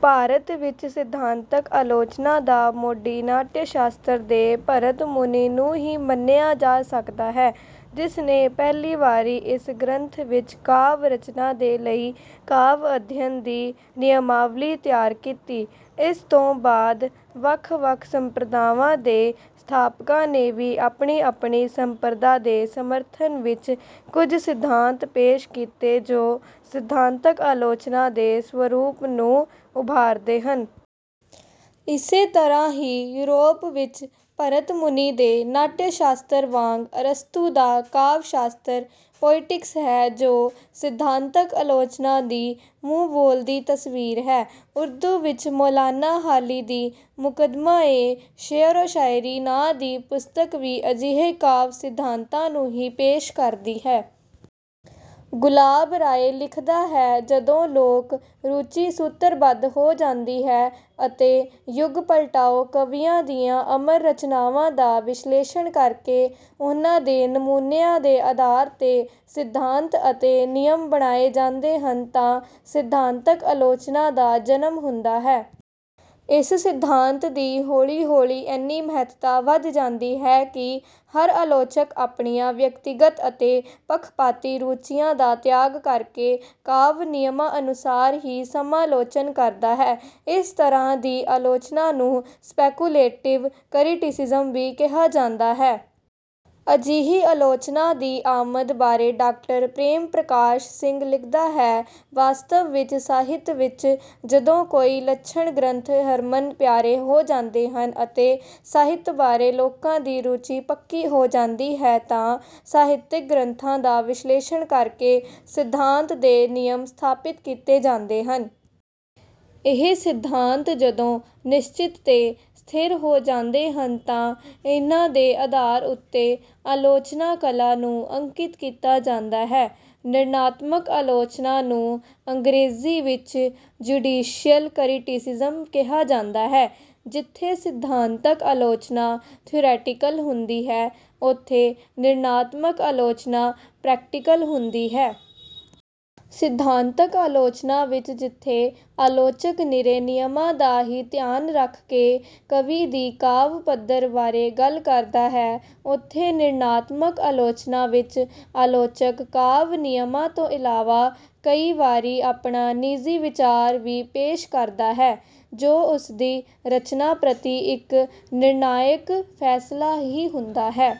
ਭਾਰਤ ਵਿੱਚ ਸਿਧਾਂਤਕ ਆਲੋਚਨਾ ਦਾ ਮੋਢੀ ਨਾਟਯ-ਸ਼ਾਸਤਰ ਦੇ ਭਰਤਮੁਨੀ ਨੂੰ ਹੀ ਮੰਨਿਆ ਜਾ ਸਕਦਾ ਹੈ, ਜਿਸ ਨੇ ਪਹਿਲੀ ਵਾਰੀ ਇਸ ਗ੍ਰੰਥ ਵਿੱਚ ਕਾਵਿ ਰਚਨਾ ਦੇ ਲਈ ਕਾਵਿ-ਅਧਿਐਨ ਦੀ ਨਿਯਮਾਵਲੀ ਤਿਆਰ ਕੀਤੀ। ਇਸ ਤੋਂ ਬਾਅਦ ਵੱਖ-ਵੱਖ ਸੰਪ੍ਰਦਾਵਾਂ ਦੇ ਸਥਾਪਕਾਂ ਨੇ ਵੀ ਆਪਣੀ-ਆਪਣੀ ਸੰਪ੍ਰਦਾ ਦੇ ਸਮਰਥਨ ਵਿੱਚ ਕੁੱਝ ਸਿਧਾਂਤ ਪੇਸ਼ ਕੀਤੇ ਜੋ ਸਿਧਾਂਤਕ ਆਲੋਚਨਾ ਦੇ ਸਵਰੂਪ ਨੂੰ ਉਭਾਰਦੇ ਹਨ। ਇਸੇ ਤਰ੍ਹਾਂ ਹੀ, ਯੂਰੋਪ ਵਿੱਚ ਭਰਤਮੁਨੀ ਦੇ ਨਾਟਯ-ਸ਼ਾਸਤਰ ਵਾਂਗ ਅਰਸਤੂ ਦਾ ਕਾਵਿ-ਸ਼ਾਸਤਰ 'ਪੋਇਟਿਕਸ' ਹੈ ਜੋ ਸਿਧਾਂਤਕ ਆਲੋਚਨਾ ਦੀ ਮੂੰਹ-ਬੋਲਦੀ ਤਸਵੀਰ ਹੈ। ਉਰਦੂ ਵਿੱਚ ਮੌਲਾਨਾ ਹਾਲੀ ਦੀ 'ਮੁਕੱਦਮਾ-ਏ-ਸ਼ੇਅਰ-ਓ-ਸ਼ਾਇਰੀ' ਨਾਂ ਦੀ ਪੁਸਤਕ ਵੀ ਅਜਿਹੇ ਕਾਵਿ ਸਿਧਾਂਤਾਂ ਨੂੰ ਹੀ ਪੇਸ਼ ਕਰਦੀ ਹੈ। ਗੁਲਾਬ ਰਾਏ ਲਿਖਦਾ ਹੈ, "ਜਦੋਂ ਲੋਕ ਰੁਚੀ ਸੂਤਰਬੱਧ ਹੋ ਜਾਂਦੀ ਹੈ ਅਤੇ ਯੁੱਗ-ਪਲਟਾਊ ਕਵੀਆਂ ਦੀਆਂ ਅਮਰ ਰਚਨਾਵਾਂ ਦਾ ਵਿਸ਼ਲੇਸ਼ਣ ਕਰਕੇ ਉਹਨਾਂ ਦੇ ਨਮੂਨਿਆਂ ਦੇ ਆਧਾਰ ਤੇ ਸਿਧਾਂਤ ਅਤੇ ਨਿਯਮ ਬਣਾਏ ਜਾਂਦੇ ਹਨ ਤਾਂ ਸਿਧਾਂਤਕ ਆਲੋਚਨਾ ਦਾ ਜਨਮ ਹੁੰਦਾ ਹੈ।" ਇਸ ਸਿਧਾਂਤ ਦੀ ਹੌਲੀ-ਹੌਲੀ ਐਨੀ ਮਹੱਤਤਾ ਵੱਧ ਜਾਂਦੀ ਹੈ ਕਿ ਹਰ ਆਲੋਚਕ ਆਪਣੀਆਂ ਵਿਅਕਤੀਗਤ ਅਤੇ ਪੱਖਪਾਤੀ ਰੁਚੀਆਂ ਦਾ ਤਿਆਗ ਕਰਕੇ ਕਾਵਿ ਨਿਯਮਾਂ ਅਨੁਸਾਰ ਹੀ ਸਮਾਲੋਚਨਾ ਕਰਦਾ ਹੈ। ਇਸ ਤਰ੍ਹਾਂ ਦੀ ਆਲੋਚਨਾ ਨੂੰ 'ਸਪੈਕੂਲੇਟਿਵ ਕਰਿਟਿਸਿਜ਼ਮ' ਵੀ ਕਿਹਾ ਜਾਂਦਾ ਹੈ। ਅਜਿਹੀ ਆਲੋਚਨਾ ਦੀ ਆਮਦ ਬਾਰੇ ਡਾਕਟਰ ਪ੍ਰੇਮ ਪ੍ਰਕਾਸ਼ ਸਿੰਘ ਲਿਖਦਾ ਹੈ- "ਵਾਸਤਵ ਵਿੱਚ ਸਾਹਿਤ ਵਿੱਚ ਜਦੋਂ ਕੋਈ ਲੱਛਣ ਗ੍ਰੰਥ ਹਰਮਨ-ਪਿਆਰੇ ਹੋ ਜਾਂਦੇ ਹਨ ਅਤੇ ਸਾਹਿਤ ਬਾਰੇ ਲੋਕਾਂ ਦੀ ਰੁਚੀ ਪੱਕੀ ਹੋ ਜਾਂਦੀ ਹੈ ਤਾਂ ਸਾਹਿਤਿਕ ਗ੍ਰੰਥਾਂ ਦਾ ਵਿਸ਼ਲੇਸ਼ਣ ਕਰਕੇ ਸਿਧਾਂਤ ਦੇ ਨਿਯਮ ਸਥਾਪਿਤ ਕੀਤੇ ਜਾਂਦੇ ਹਨ। ਇਹ ਸਿਧਾਂਤ ਜਦੋਂ ਨਿਸ਼ਚਿਤ ਤੇ ਸਥਿਰ ਹੋ ਜਾਂਦੇ ਹਨ ਤਾਂ ਇਨ੍ਹਾਂ ਦੇ ਆਧਾਰ ਉੱਤੇ ਆਲੋਚਨਾ ਕਲਾ ਨੂੰ ਅੰਕਿਤ ਕੀਤਾ ਜਾਂਦਾ ਹੈ।" ਨਿਰਣਾਤਮਕ ਆਲੋਚਨਾ ਨੂੰ ਅੰਗਰੇਜ਼ੀ ਵਿੱਚ 'ਜੁਡੀਸ਼ੀਅਲ ਕਰਿਟਿਸਿਜ਼ਮ' ਕਿਹਾ ਜਾਂਦਾ ਹੈ। ਜਿੱਥੇ ਸਿਧਾਂਤਕ ਆਲੋਚਨਾ 'ਥਿਊਰੈਟੀਕਲ' ਹੁੰਦੀ ਹੈ, ਉੱਥੇ ਨਿਰਣਾਤਮਕ ਆਲੋਚਨਾ 'ਪ੍ਰੈਕਟੀਕਲ' ਹੁੰਦੀ ਹੈ। ਸਿਧਾਂਤਕ ਆਲੋਚਨਾ ਵਿੱਚ ਜਿੱਥੇ ਆਲੋਚਕ ਨਿਰੇ ਨਿਯਮਾਂ ਦਾ ਹੀ ਧਿਆਨ ਰੱਖ ਕੇ ਕਵੀ ਦੀ ਕਾਵਿ ਪੱਧਰ ਬਾਰੇ ਗੱਲ ਕਰਦਾ ਹੈ, ਉੱਥੇ ਨਿਰਣਾਤਮਕ ਆਲੋਚਨਾ ਵਿੱਚ ਆਲੋਚਕ ਕਾਵਿ ਨਿਯਮਾਂ ਤੋਂ ਇਲਾਵਾ ਕਈ ਵਾਰੀ ਆਪਣਾ ਨਿੱਜੀ ਵਿਚਾਰ ਵੀ ਪੇਸ਼ ਕਰਦਾ ਹੈ, ਜੋ ਉਸਦੀ ਰਚਨਾ ਪ੍ਰਤੀ ਇੱਕ ਨਿਰਣਾਇਕ ਫੈਸਲਾ ਹੀ ਹੁੰਦਾ ਹੈ।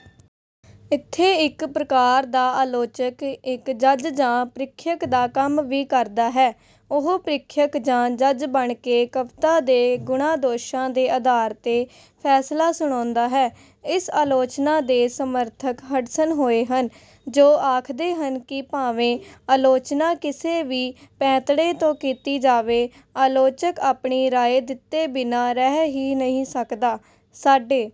ਇੱਥੇ ਇੱਕ ਪ੍ਰਕਾਰ ਦਾ ਆਲੋਚਕ ਇੱਕ ਜੱਜ ਜਾਂ ਪ੍ਰੀਖਿਅਕ ਦਾ ਕੰਮ ਵੀ ਕਰਦਾ ਹੈ। ਉਹ ਪ੍ਰੀਖਿਅਕ ਜਾਂ ਜੱਜ ਬਣ ਕੇ ਕਵਿਤਾ ਦੇ ਗੁਣਾਂ-ਦੋਸ਼ਾਂ ਦੇ ਆਧਾਰ 'ਤੇ ਫੈਸਲਾ ਸੁਣਾਉਂਦਾ ਹੈ। ਇਸ ਆਲੋਚਨਾ ਦੇ ਸਮਰਥਕ ਹਡਸਨ ਹੋਏ ਹਨ, ਜੋ ਆਖਦੇ ਹਨ ਕਿ ਭਾਵੇਂ ਆਲੋਚਨਾ ਕਿਸੇ ਵੀ ਪੈਂਤੜੇ ਤੋਂ ਕੀਤੀ ਜਾਵੇ, ਆਲੋਚਕ ਆਪਣੀ ਰਾਏ ਦਿੱਤੇ ਬਿਨਾਂ ਰਹਿ ਹੀ ਨਹੀਂ ਸਕਦਾ। ਸਾਡੇ